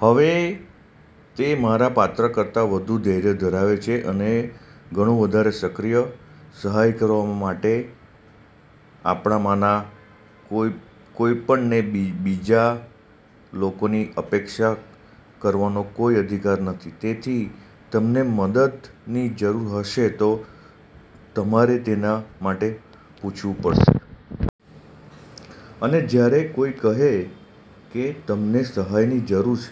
હવે, તે મારા પાત્ર કરતાં વધુ ધૈર્ય ધરાવે છે અને ઘણું વધારે સક્રિય, સહાય કરવા માટે આપણામાંના કોઈપણને બીજા લોકોની અપેક્ષા કરવાનો કોઈ અધિકાર નથી. તેથી તમને મદદની જરૂર હશે તો તમારે તેના માટે પૂછવું પડશે. અને જ્યારે કોઈ કહે કે તમને સહાયની જરૂર છે,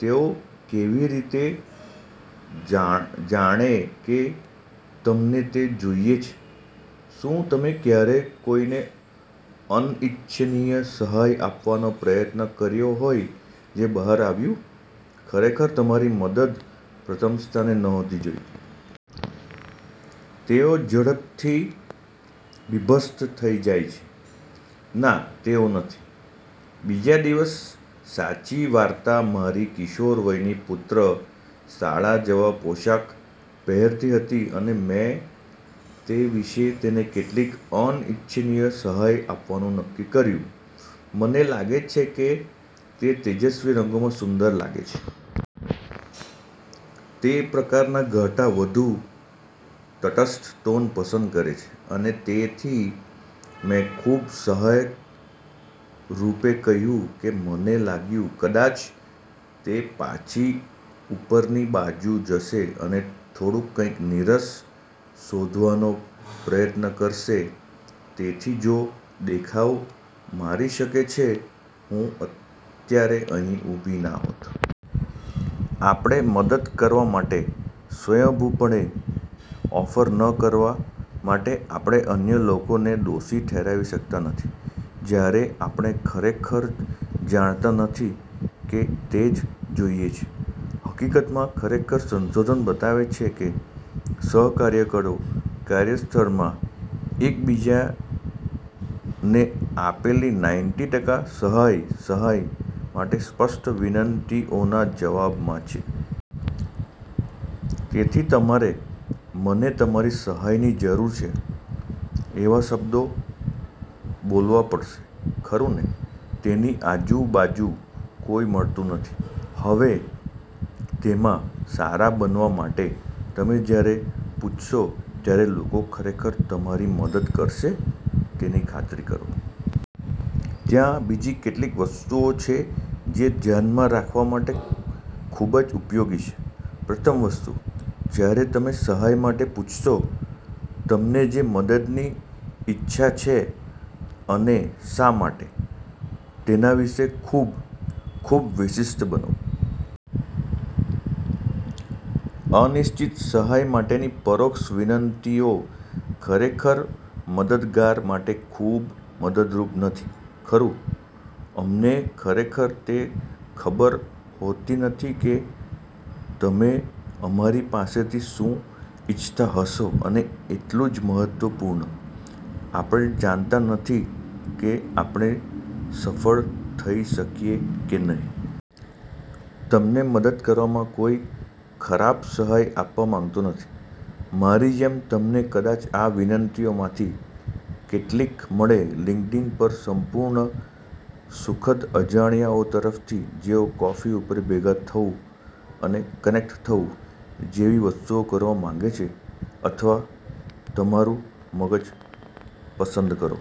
તેઓ કેવી રીતે જાણે કે તમને તે જોઈએ છે? શું તમે ક્યારેય કોઈને અનિચ્છનીય સહાય આપવાનો પ્રયત્ન કર્યો હોય જે બહાર આવ્યું, ખરેખર તમારી મદદ પ્રથમ સ્થાને નહોતી જોઈતી? તેઓ ઝડપથી બીભત્સ થઈ જાય છે. ના તેઓ નથી? બીજો દિવસ સાચી વાર્તા મારી કિશોરવયની પુત્રી શાળા જવા પોશાક પહેરતી હતી અને મેં તે વિશે તેને કેટલીક અનિચ્છનીય સહાય આપવાનું નક્કી કર્યું. મને લાગે છે કે તે તેજસ્વી રંગોમાં સુંદર લાગે છે. તે પ્રકારના ઘાટા વધુ તટસ્થ ટોન પસંદ કરે છે અને તેથી મેં ખૂબ સહાયક રૂપે કહ્યું કે મને લાગ્યું કદાચ તે પાછી ઉપરની બાજુ જશે અને થોડું કંઈક નીરસ શોધવાનો પ્રયત્ન કરશે. તેથી, જો દેખાવ મારી શકે છે, હું અત્યારે અહીં ઊભી ના હોત. આપણને મદદ કરવા માટે સ્વયંભૂપણે ઓફર ન કરવા માટે આપણે અન્ય લોકોને દોષી ઠેરવી શકતા નથી જ્યારે આપણે ખરેખર જાણતા નથી કે તે જ જોઈએ છે. હકીકતમાં, ખરેખર, સંશોધન બતાવે છે કે સહકાર્યકરો કાર્યસ્થળમાં એક બીજાને આપેલી નાઈન્ટી ટકા સહાય સહાય માટે સ્પષ્ટ વિનંતીઓના જવાબમાં છે. તેથી તમારે "મને તમારી સહાયની જરૂર છે" એવા શબ્દો બોલવા પડશે. ખરું ને? તેની આજુબાજુ કોઈ મળતું નથી. હવે, તેમાં સારા બનવા માટે તમે જ્યારે પૂછશો ત્યારે લોકો ખરેખર તમારી મદદ કરશે, તેની ખાતરી કરો. ત્યાં બીજી કેટલીક વસ્તુઓ છે જે ધ્યાનમાં રાખવા માટે ખૂબ જ ઉપયોગી છે. પ્રથમ વસ્તુ, જ્યારે તમે સહાય માટે પૂછશો, તમને જે મદદની ઇચ્છા છે અને શા માટે, તેના વિશે ખૂબ, ખૂબ વિશિષ્ટ બનો. અનિશ્ચિત, સહાય માટેની પરોક્ષ વિનંતીઓ ખરેખર મદદગાર માટે ખૂબ મદદરૂપ નથી, ખરું? અમને ખરેખર તે ખબર હોતી નથી કે તમે અમારી પાસેથી શું ઇચ્છતા હશો અને એટલું જ મહત્વપૂર્ણ, આપણે જાણતા નથી કે આપણે સફળ થઈ શકીએ કે નહીં. તમને મદદ કરવામાં કોઈ ખરાબ સહાય આપવા માંગતો નથી. મારી જેમ તમને કદાચ આ વિનંતીઓમાંથી કેટલીક મળે લિંક્ડઇન પર સંપૂર્ણ સુખદ અજાણ્યાઓ તરફથી જેઓ "કોફી ઉપર ભેગા થવું અને કનેક્ટ થવું" જેવી વસ્તુઓ કરવા માંગે છે અથવા "તમારું મગજ પસંદ કરો."